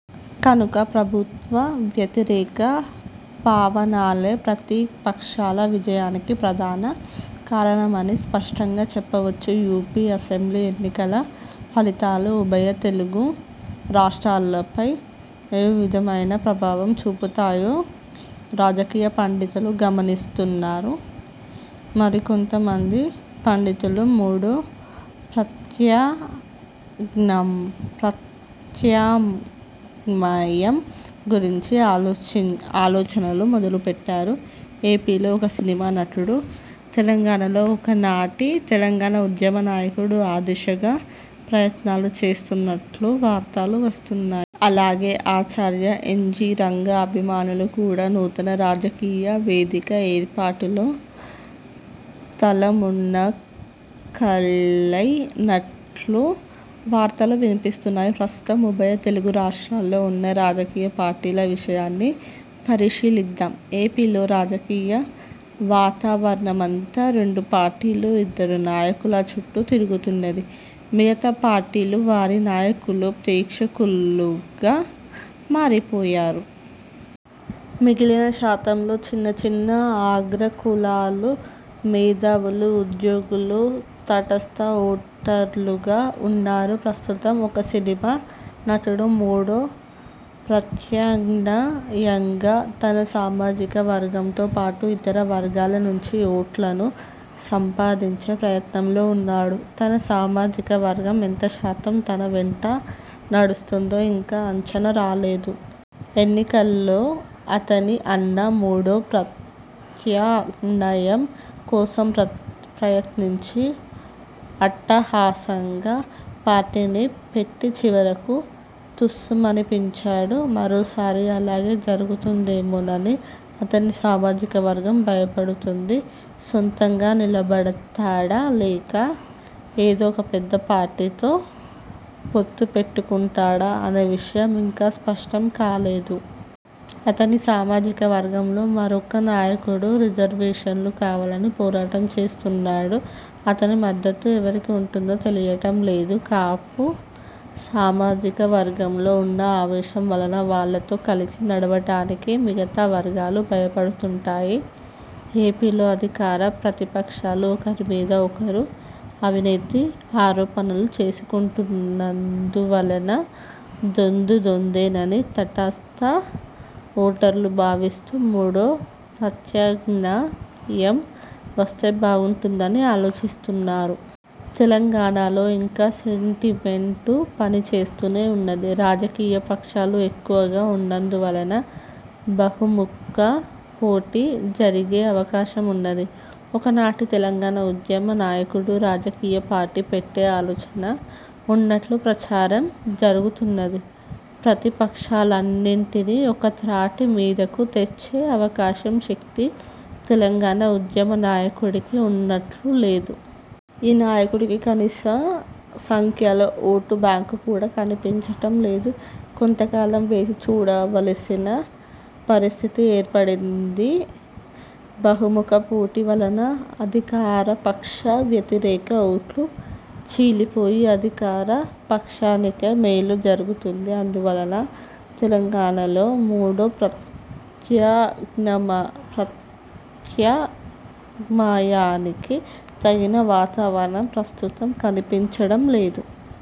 కనుక ప్రభుత్వ వ్యతిరేక పవనాలే ప్రతిపక్షాల విజయానికి ప్రధాన కారణమని స్పష్టంగా చెప్పవచ్చు. యూపీ అసెంబ్లీ ఎన్నికల ఫలితాలు ఉభయ తెలుగు రాష్ట్రాలపై ఏవిధమైన ప్రభావం చూపుతాయో రాజకీయ పండితులు గమనిస్తున్నారు. మరికొంత మంది పండితులు మూడో ప్రత్యామ్నాయం గురించి ఆలోచనలు మొదలుపెట్టారు. ఏపీలో ఒక సినిమా నటుడు, తెలంగాణలో ఒకనాటి తెలంగాణ ఉద్యమ నాయకుడు ఆ దిశగా ప్రయత్నాలు చేస్తున్నట్లు వార్తలు వస్తున్నాయి. అలాగే ఆచార్య ఎన్. జి. రంగా అభిమానులు కూడా నూతన రాజకీయ వేదిక ఏర్పాటులో తలమునకలైనట్లు వార్తలు వినిపిస్తున్నాయి. ప్రస్తుతం ఉభయ తెలుగు రాష్ట్రాల్లో ఉన్న రాజకీయ పార్టీల విషయాన్ని పరిశీలిద్దాం. ఏపీలో రాజకీయ వాతావరణమంతా రెండు పార్టీలు, ఇద్దరు నాయకుల చుట్టూ తిరుగుతున్నది. మిగతా పార్టీలు, వారి నాయకులు ప్రేక్షకులుగా మారిపోయారు. మిగిలిన శాతంలో చిన్న చిన్న అగ్రకులాలు, మేధావులు, ఉద్యోగులు తటస్థ ఓటర్లుగా ఉన్నారు. ప్రస్తుతం ఒక సినిమా నటుడు మూడో ప్రత్యామ్నాయంగా తన సామాజిక వర్గంతో పాటు ఇతర వర్గాల నుంచి ఓట్లను సంపాదించే ప్రయత్నంలో ఉన్నాడు. తన సామాజిక వర్గం ఎంత శాతం తన వెంట నడుస్తుందో ఇంకా అంచనా రాలేదు. ఎన్నికల్లో అతని అన్న మూడో ప్రత్యామ్నాయం కోసం ప్రయత్నించి అట్టహాసంగా పార్టీని పెట్టి చివరకు తుస్సుమనిపించాడు. మరోసారి అలాగే జరుగుతుందేమోనని అతని సామాజిక వర్గం భయపడుతుంది. సొంతంగా నిలబడతాడా లేక ఏదో ఒక పెద్ద పార్టీతో పొత్తు పెట్టుకుంటాడా అనే విషయం ఇంకా స్పష్టం కాలేదు. అతని సామాజిక వర్గంలో మరొక నాయకుడు రిజర్వేషన్లు కావాలని పోరాటం చేస్తున్నాడు. అతని మద్దతు ఎవరికి ఉంటుందో తెలియటం లేదు. కాపు సామాజిక వర్గంలో ఉన్న ఆవేశం వలన వాళ్ళతో కలిసి నడవటానికి మిగతా వర్గాలు భయపడుతుంటాయి. ఏపీలో అధికార, ప్రతిపక్షాలు ఒకరి మీద ఒకరు అవినీతి ఆరోపణలు చేసుకుంటున్నందు వలన దొందూ దొందేనని తటస్థ ఓటర్లు భావిస్తూ మూడో ప్రత్యామ్నాయం వస్తే బాగుంటుందని ఆలోచిస్తున్నారు. తెలంగాణలో ఇంకా సెంటిమెంటు పనిచేస్తూనే ఉన్నది. రాజకీయ పక్షాలు ఎక్కువగా ఉన్నందువలన బహుముఖ పోటీ జరిగే అవకాశం ఉన్నది. ఒకనాటి తెలంగాణ ఉద్యమ నాయకుడు రాజకీయ పార్టీ పెట్టే ఆలోచన ఉన్నట్లు ప్రచారం జరుగుతున్నది. ప్రతిపక్షాలన్నింటిని ఒక త్రాటి మీదకు తెచ్చే అవకాశం, శక్తి తెలంగాణ ఉద్యమ నాయకుడికి ఉన్నట్లు లేదు. ఈ నాయకుడికి కనీస సంఖ్యలో ఓటు బ్యాంకు కూడా కనిపించటం లేదు. కొంత కాలం వేచి చూడవలసిన పరిస్థితి ఏర్పడింది. బహుముఖ పోటీ వలన అధికారపక్ష వ్యతిరేక ఓట్లు చీలిపోయి అధికార పక్షానికే మేలు జరుగుతుంది. అందువలన తెలంగాణలో మూడో ప్రత్యామ్నాయానికి తగిన వాతావరణం ప్రస్తుతం కనిపించటం లేదు.